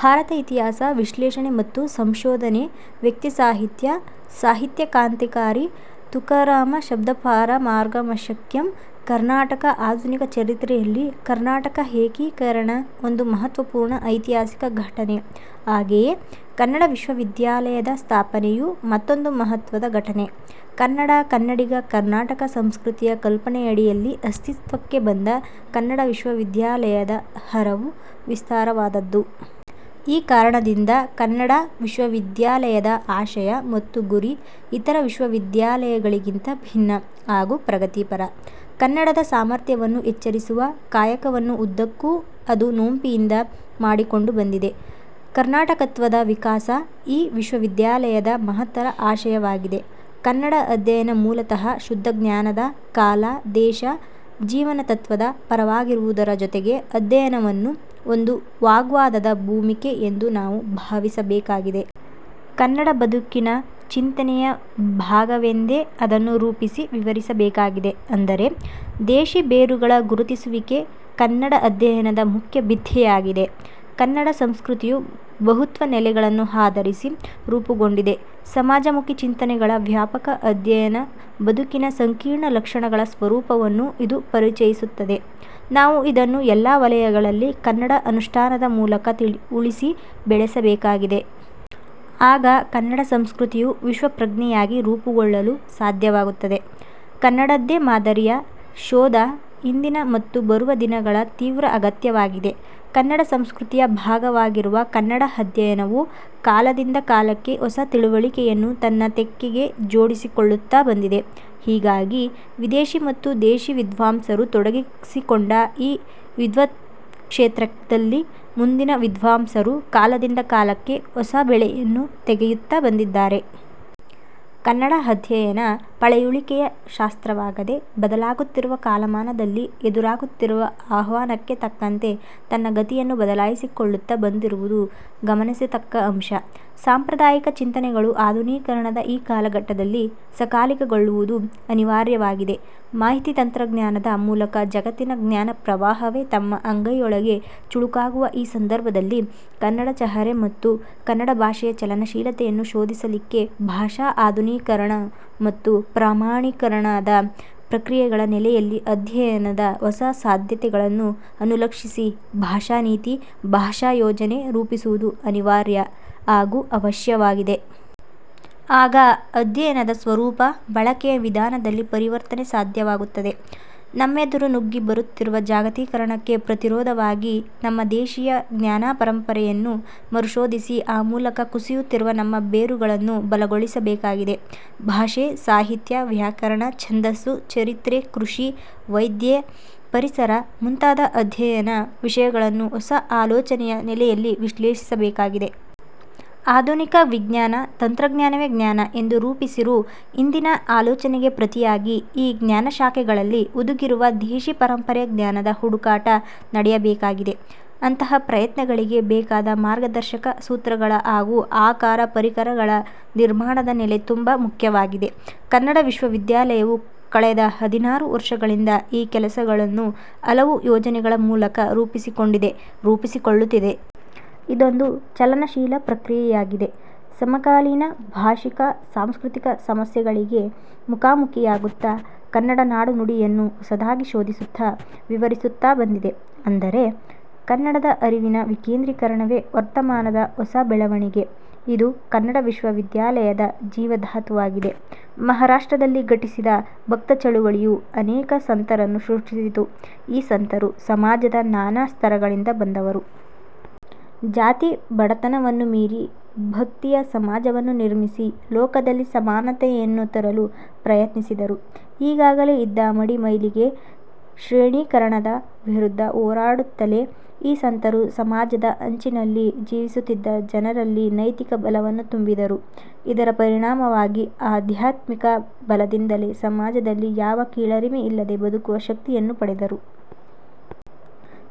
ಭಾರತದ ಇತಿಹಾಸ, ವಿಶ್ಲೇಷಣೆ ಮತ್ತು ಸಂಶೋಧನೆ, ವ್ಯಕ್ತಿಸಾಹಿತ್ಯ, ಸಾಹಿತ್ಯ ಕ್ರಾಂತಿಕಾರಿ ತುಕಾರಾಮ ಶಬ್ದಪಾರಮಾರ್ಗಮಶಕ್ಯಂ ಕರ್ನಾಟಕ ಆಧುನಿಕ ಚರಿತ್ರೆಯಲ್ಲಿ ಕರ್ನಾಟಕ ಏಕೀಕರಣ ಒಂದು ಮಹತ್ವಪೂರ್ಣ ಐತಿಹಾಸಿಕ ಘಟನೆ. ಹಾಗೆಯೇ ಕನ್ನಡ ವಿಶ್ವವಿದ್ಯಾಲಯದ ಸ್ಥಾಪನೆಯೂ ಮತ್ತೊಂದು ಮಹತ್ವದ ಘಟನೆ. ಕನ್ನಡ-ಕನ್ನಡಿಗ-ಕರ್ನಾಟಕ ಸಂಸ್ಕೃತಿಯ ಕಲ್ಪನೆಯಡಿಯಲ್ಲಿ ಅಸ್ತಿತ್ವಕ್ಕೆ ಬಂದ ಕನ್ನಡ ವಿಶ್ವವಿದ್ಯಾಲಯದ ಹರವು ವಿಸ್ತಾರವಾದದ್ದು. ಈ ಕಾರಣದಿಂದ ಕನ್ನಡ ವಿಶ್ವವಿದ್ಯಾಲಯದ ಆಶಯ ಮತ್ತು ಗುರಿ ಇತರ ವಿಶ್ವವಿದ್ಯಾಲಯಗಳಿಗಿಂತ ಭಿನ್ನ ಹಾಗೂ ಪ್ರಗತಿಪರ. ಕನ್ನಡದ ಸಾಮರ್ಥ್ಯವನ್ನು ಎಚ್ಚರಿಸುವ ಕಾಯಕವನ್ನು ಉದ್ದಕ್ಕೂ ಅದು ನೋಂಪಿಯಿಂದ ಮಾಡಿಕೊಂಡು ಬಂದಿದೆ. ಕರ್ನಾಟಕತ್ವದ 'ವಿಕಾಸ' ಈ ವಿಶ್ವವಿದ್ಯಾಲಯದ ಮಹತ್ತರ ಆಶಯವಾಗಿದೆ. ಕನ್ನಡ ಅಧ್ಯಯನ ಮೂಲತಃ ಶುದ್ಧ ಜ್ಞಾನದ, ಕಾಲ, ದೇಶ, ಜೀವನ ತತ್ವದ ಪರವಾಗಿರುವುದರ ಜೊತೆಗೆ ಅಧ್ಯಯನವನ್ನು ಒಂದು ವಾಗ್ವಾದದ ಭೂಮಿಕೆ ಎಂದು ನಾವು ಭಾವಿಸಬೇಕಾಗಿದೆ. ಕನ್ನಡ ಬದುಕಿನ ಚಿಂತನೆಯ ಭಾಗವೆಂದೇ ಅದನ್ನು ರೂಪಿಸಿ ವಿವರಿಸಬೇಕಾಗಿದೆ. ಅಂದರೆ: ದೇಶಿ ಬೇರುಗಳ ಗುರುತಿಸುವಿಕೆ ಕನ್ನಡ ಅಧ್ಯಯನದ ಮುಖ್ಯ ಭಿತ್ತಿಯಾಗಬೇಕಾಗಿದೆ. ಕನ್ನಡ ಸಂಸ್ಕೃತಿಯು ಬಹುತ್ವ ನೆಲೆಗಳನ್ನು ಆಧರಿಸಿ ರೂಪುಗೊಂಡಿದೆ. ಸಮಾಜಮುಖಿ ಚಿಂತನೆಗಳ ವ್ಯಾಪಕ ಅಧ್ಯಯನ ಬದುಕಿನ ಸಂಕೀರ್ಣ ಲಕ್ಷಣಗಳ ಸ್ವರೂಪವನ್ನು ಇದು ಪರಿಚಯಿಸುತ್ತದೆ. ನಾವು ಇದನ್ನು ಎಲ್ಲ ವಲಯಗಳಲ್ಲಿ ಕನ್ನಡದ ಅನುಷ್ಠಾನದ ಮೂಲಕ ಉಳಿಸಿ, ಬೆಳೆಸಬೇಕಾಗಿದೆ. ಆಗ ಕನ್ನಡ ಸಂಸ್ಕೃತಿಯು ವಿಶ್ವಪ್ರಜ್ಞೆಯಾಗಿ ರೂಪುಗೊಳ್ಳಲು ಸಾಧ್ಯವಾಗುತ್ತದೆ. 'ಕನ್ನಡದ್ದೇ ಮಾದರಿ'ಯ ಶೋಧ ಇಂದಿನ ಮತ್ತು ಬರುವ ದಿನಗಳ ತೀವ್ರ ಅಗತ್ಯವಾಗಿದೆ. ಕನ್ನಡ ಸಂಸ್ಕೃತಿಯ ಭಾಗವಾಗಿರುವ ಕನ್ನಡ ಅಧ್ಯಯನವು ಕಾಲದಿಂದ ಕಾಲಕ್ಕೆ ಹೊಸ ತಿಳಿವಳಿಕೆಯನ್ನು ತನ್ನ ತೆಕ್ಕೆಗೆ ಜೋಡಿಸಿಕೊಳ್ಳುತ್ತ ಬಂದಿದೆ. ಹೀಗಾಗಿ ವಿದೇಶಿ ಮತ್ತು ದೇಶಿ ವಿದ್ವಾಂಸರು ತೊಡಗಿಸಿಕೊಂಡ ಈ ವಿದ್ವತ್ಕ್ಷೇತ್ರದಲ್ಲಿ ಮುಂದಿನ ವಿದ್ವಾಂಸರು ಕಾಲದಿಂದ ಕಾಲಕ್ಕೆ ಹೊಸಬೆಳೆಯನ್ನು ತೆಗೆಯುತ್ತ ಬಂದಿದ್ದಾರೆ. ಕನ್ನಡ ಅಧ್ಯಯನ ಪಳೆಯುಳಿಕೆಯ ಶಾಸ್ತ್ರವಾಗದೆ, ಬದಲಾಗುತ್ತಿರುವ ಕಾಲಮಾನದಲ್ಲಿ ಎದುರಾಗುತ್ತಿರುವ ಆಹ್ವಾನಕ್ಕೆ ತಕ್ಕಂತೆ ತನ್ನ ಗತಿಯನ್ನು ಬದಲಾಯಿಸಿಕೊಳ್ಳುತ್ತ ಬಂದಿರುವುದು ಗಮನಿಸತಕ್ಕ ಅಂಶ. ಸಾಂಪ್ರದಾಯಿಕ ಚಿಂತನೆಗಳು ಆಧುನೀಕರಣದ ಈ ಕಾಲಘಟ್ಟದಲ್ಲಿ ಸಕಾಲಿಕಗೊಳ್ಳುವುದು ಅನಿವಾರ್ಯವಾಗಿದೆ. ಮಾಹಿತಿ ತಂತ್ರಜ್ಞಾನದ ಮೂಲಕ ಜಗತ್ತಿನ ಜ್ಞಾನಪ್ರವಾಹವೇ ನಮ್ಮ ಅಂಗೈಯೊಳಗೆ ಚುಳುಕಾಗುವ ಈ ಸಂದರ್ಭದಲ್ಲಿ ಕನ್ನಡದ ಚಹರೆ ಮತ್ತು ಕನ್ನಡ ಭಾಷೆಯ ಚಲನಶೀಲತೆಯನ್ನು ಶೋಧಿಸಲಿಕ್ಕೆ ಭಾಷಾ ಆಧುನೀಕರಣ ಮತ್ತು ಪ್ರಮಾಣೀಕರಣದ ಪ್ರಕ್ರಿಯೆಗಳ ನೆಲೆಯಲ್ಲಿ ಅಧ್ಯಯನದ ಹೊಸ ಸಾಧ್ಯತೆಗಳನ್ನು ಅನುಲಕ್ಷಿಸಿ, ಭಾಷಾನೀತಿ, ಭಾಷಾಯೋಜನೆ ರೂಪಿಸುವುದು ಅನಿವಾರ್ಯ ಹಾಗೂ ಅವಶ್ಯವಾಗಿದೆ. ಆಗ ಅಧ್ಯಯನದ ಸ್ವರೂಪ ಬಳಕೆಯ ವಿಧಾನದಲ್ಲಿ ಪರಿವರ್ತನೆ ಸಾಧ್ಯವಾಗುತ್ತದೆ. ನಮ್ಮೆದುರು ನುಗ್ಗಿ ಬರುತ್ತಿರುವ ಜಾಗತೀಕರಣಕ್ಕೆ ಪ್ರತಿರೋಧವಾಗಿ ನಮ್ಮ ದೇಶೀಯ ಜ್ಞಾನಪರಂಪರೆಯನ್ನು ಮರುಶೋಧಿಸಿ ಆ ಮೂಲಕ ಕುಸಿಯುತ್ತಿರುವ ನಮ್ಮ ಬೇರುಗಳನ್ನು ಬಲಗೊಳ್ಳಿಸಿಕೊಳ್ಳಬೇಕಾಗಿದೆ. ಭಾಷೆ, ಸಾಹಿತ್ಯ, ವ್ಯಾಕರಣ, ಛಂದಸ್ಸು, ಚರಿತ್ರೆ, ಕೃಷಿ, ವೈದ್ಯ, ಪರಿಸರ ಮುಂತಾದ ಅಧ್ಯಯನ ವಿಷಯಗಳನ್ನು ಹೊಸ ಆಲೋಚನೆಯ ನೆಲೆಯಲ್ಲಿ ವಿಶ್ಲೇಷಿಸಬೇಕಾಗಿದೆ. ಆಧುನಿಕ ವಿಜ್ಞಾನ, ತಂತ್ರಜ್ಞಾನವೇ 'ಜ್ಞಾನ' ಎಂದು ರೂಪಿಸಿರು ಇಂದಿನ ಆಲೋಚನೆಗೆ ಪ್ರತಿಯಾಗಿ ಈ ಜ್ಞಾನಶಾಖೆಗಳಲ್ಲಿ ಹುದುಗಿರುವ ದೇಶಿ ಪರಂಪರೆಯ ಜ್ಞಾನದ ಹುಟುಕಾಟ ನಡೆಯಬೇಕಾಗಿದೆ. ಅಂತಹ ಪ್ರಯತ್ನಗಳಿಗೆ ಬೇಕಾದ ಮಾರ್ಗದರ್ಶಕ ಸೂತ್ರಗಳ ಹಾಗೂ ಆಕರ ಪರಿಕರಗಳ ನಿರ್ಮಾಣದ ನೆಲೆ ತುಂಬ ಮುಖ್ಯವಾಗಿದೆ. ಕನ್ನಡ ವಿಶ್ವವಿದ್ಯಾಲಯವು ಕಳೆದ ಹದಿನಾರು ವರ್ಷಗಳಿಂದ ಈ ಕೆಲಸಗಳನ್ನು ಹಲವು ಯೋಜನೆಗಳ ಮೂಲಕ ರೂಪಿಸಿಕೊಂಡಿದೆ, ರೂಪಿಸಿಕೊಳ್ಳುತ್ತಿದೆ. ಇದೊಂದು ಚಲನಶೀಲ ಪ್ರಕ್ರಿಯೆಯಾಗಿದೆ. ಸಮಕಾಲೀನ ಭಾಷಿಕ, ಸಾಂಸ್ಕೃತಿಕ ಸಮಸ್ಯೆಗಳಿಗೆ ಮುಖಾಮುಖಿಯಾಗುತ್ತ ಕನ್ನಡ ನಾಡುನುಡಿಯನ್ನು ಹೊಸದಾಗಿ ಶೋಧಿಸುತ್ತಾ, ವಿವರಿಸುತ್ತಾ ಬಂದಿದೆ. ಅಂದರೆ:ಕನ್ನಡದ ಅರಿವಿನ ವಿಕೇಂದ್ರೀಕರಣವೇ ವರ್ತಮಾನದ ಹೊಸ ಬೆಳವಣಿಗೆ. ಇದು ಕನ್ನಡ ವಿಶ್ವವಿದ್ಯಾಲಯದ ಜೀವಧಾತುವಾಗಿದೆ. ಮಹಾರಾಷ್ಟ್ರದಲ್ಲಿ ಘಟಿಸಿದ ಭಕ್ತ ಚಳುವಳಿಯು ಅನೇಕ ಸಂತರನ್ನು ಸೃಷ್ಟಿಸಿತು. ಈ ಸಂತರು ಸಮಾಜದ ನಾನಾ ಸ್ತರಗಳಿಂದ ಬಂದವರು. ಜಾತಿ, ಬಡತನವನ್ನು ಮೀರಿ ಭಕ್ತಿಯ ಸಮಾಜವನ್ನು ನಿರ್ಮಿಸಿ, ಲೋಕದಲ್ಲಿ ಸಮಾನತೆಯನ್ನು ತರಲು ಪ್ರಯತ್ನಿಸಿದರು. ಈಗಾಗಲೇ ಇದ್ದ ಮಡಿ-ಮೈಲಿಗೆ, ಶ್ರೇಣಿಕರಣದ ವಿರುದ್ಧ ಹೋರಾಡುತ್ತಲೇ ಈ ಸಂತರು ಸಮಾಜದ ಅಂಚಿನಲ್ಲಿ ಜೀವಿಸುತ್ತಿದ್ದ ಜನರಲ್ಲಿ ನೈತಿಕ ಬಲವನ್ನು ತುಂಬಿದರು. ಇದರ ಪರಿಣಾಮವಾಗಿ ಆಧ್ಯಾತ್ಮಿಕ ಬಲದಿಂದಲೇ ಸಮಾಜದಲ್ಲಿ ಯಾವ ಕೀಳರಿಮೆ ಇಲ್ಲದೆ ಬದುಕುವ ಶಕ್ತಿಯನ್ನು ಪಡೆದರು.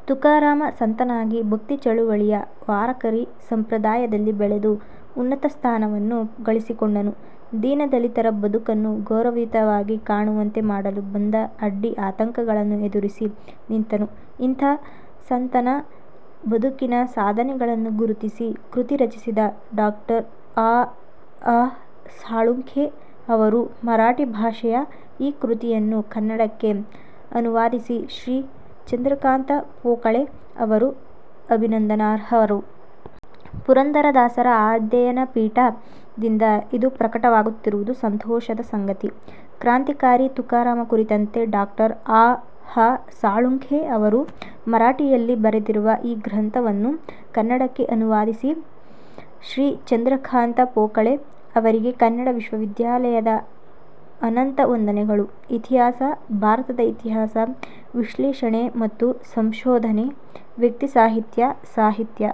ತುಕಾರಾಮ ಸಂತನಾಗಿ ಭಕ್ತಿ ಚಳುವಳಿಯ 'ವಾರಕರಿ' ಸಂಪ್ರದಾಯದಲ್ಲಿ ಬೆಳೆದು ಉನ್ನತ ಸ್ಥಾನವನ್ನು ಗಳಿಸಿಕೊಂಡನು. ದೀನ ದಲಿತರ ಬದುಕನ್ನು ಗೌರಯುತವಾಗಿ ಕಾಣುವಂತೆ ಮಾಡಲು ಬಂದ ಅಡ್ಡಿ-ಆತಂಕಗಳನ್ನು ಎದುರಿಸಿ ನಿಂತನು. ಇಂಥ ಸಂತನ ಬದುಕಿನ ಸಾಧನೆಗಳನ್ನು ಗುರುತಿಸಿ ಕೃತಿ ರಚಿಸಿದ ಡಾ. ಆ. ಹ. ಸಾಳುಂಖೆ ಅವರು ಮರಾಠಿ ಭಾಷೆಯ ಈ ಕೃತಿಯನ್ನು ಕನ್ನಡಕ್ಕೆ ಅನುವಾದಿಸಿದ ಶ್ರೀ ಚಂದ್ರಕಾಂತ ಪೋಕಳೆ ಅವರು ಅಭಿನಂದನಾರ್ಹರು. 'ಪುರಂದರದಾಸರ ಆಧ್ಯಯನ ಪೀಠ' ದಿಂದ ಇದು ಪ್ರಕಟವಾಗುತ್ತಿರುವುದು ಸಂತೋಷದ ಸಂಗತಿ ಕ್ರಾಂತಿಕಾರಿ ತುಕಾರಾಮ ಕುರಿತಂತೆ ಡಾ. ಆ. ಹ. ಸಾಳುಂಖೆ ಅವರು ಮರಾಠಿಯಲ್ಲಿ ಬರೆದಿರುವ ಈ ಗ್ರಂಥವನ್ನು ಕನ್ನಡಕ್ಕೆ ಅನುವಾದಿಸಿದ ಶ್ರೀ ಚಂದ್ರಕಾಂತ ಪೋಕಳೆ ಅವರಿಗೆ ಕನ್ನಡ ವಿಶ್ವವಿದ್ಯಾಲಯದ ಅನಂತ ವಂದನೆಗಳು, ಇತಿಹಾಸ, ಭಾರತದ ಇತಿಹಾಸ, ವಿಶ್ಲೇಷಣೆ ಮತ್ತು ಸಂಶೋಧನೆ, ವ್ಯಕ್ತಿಸಾಹಿತ್ಯ, ಸಾಹಿತ್ಯ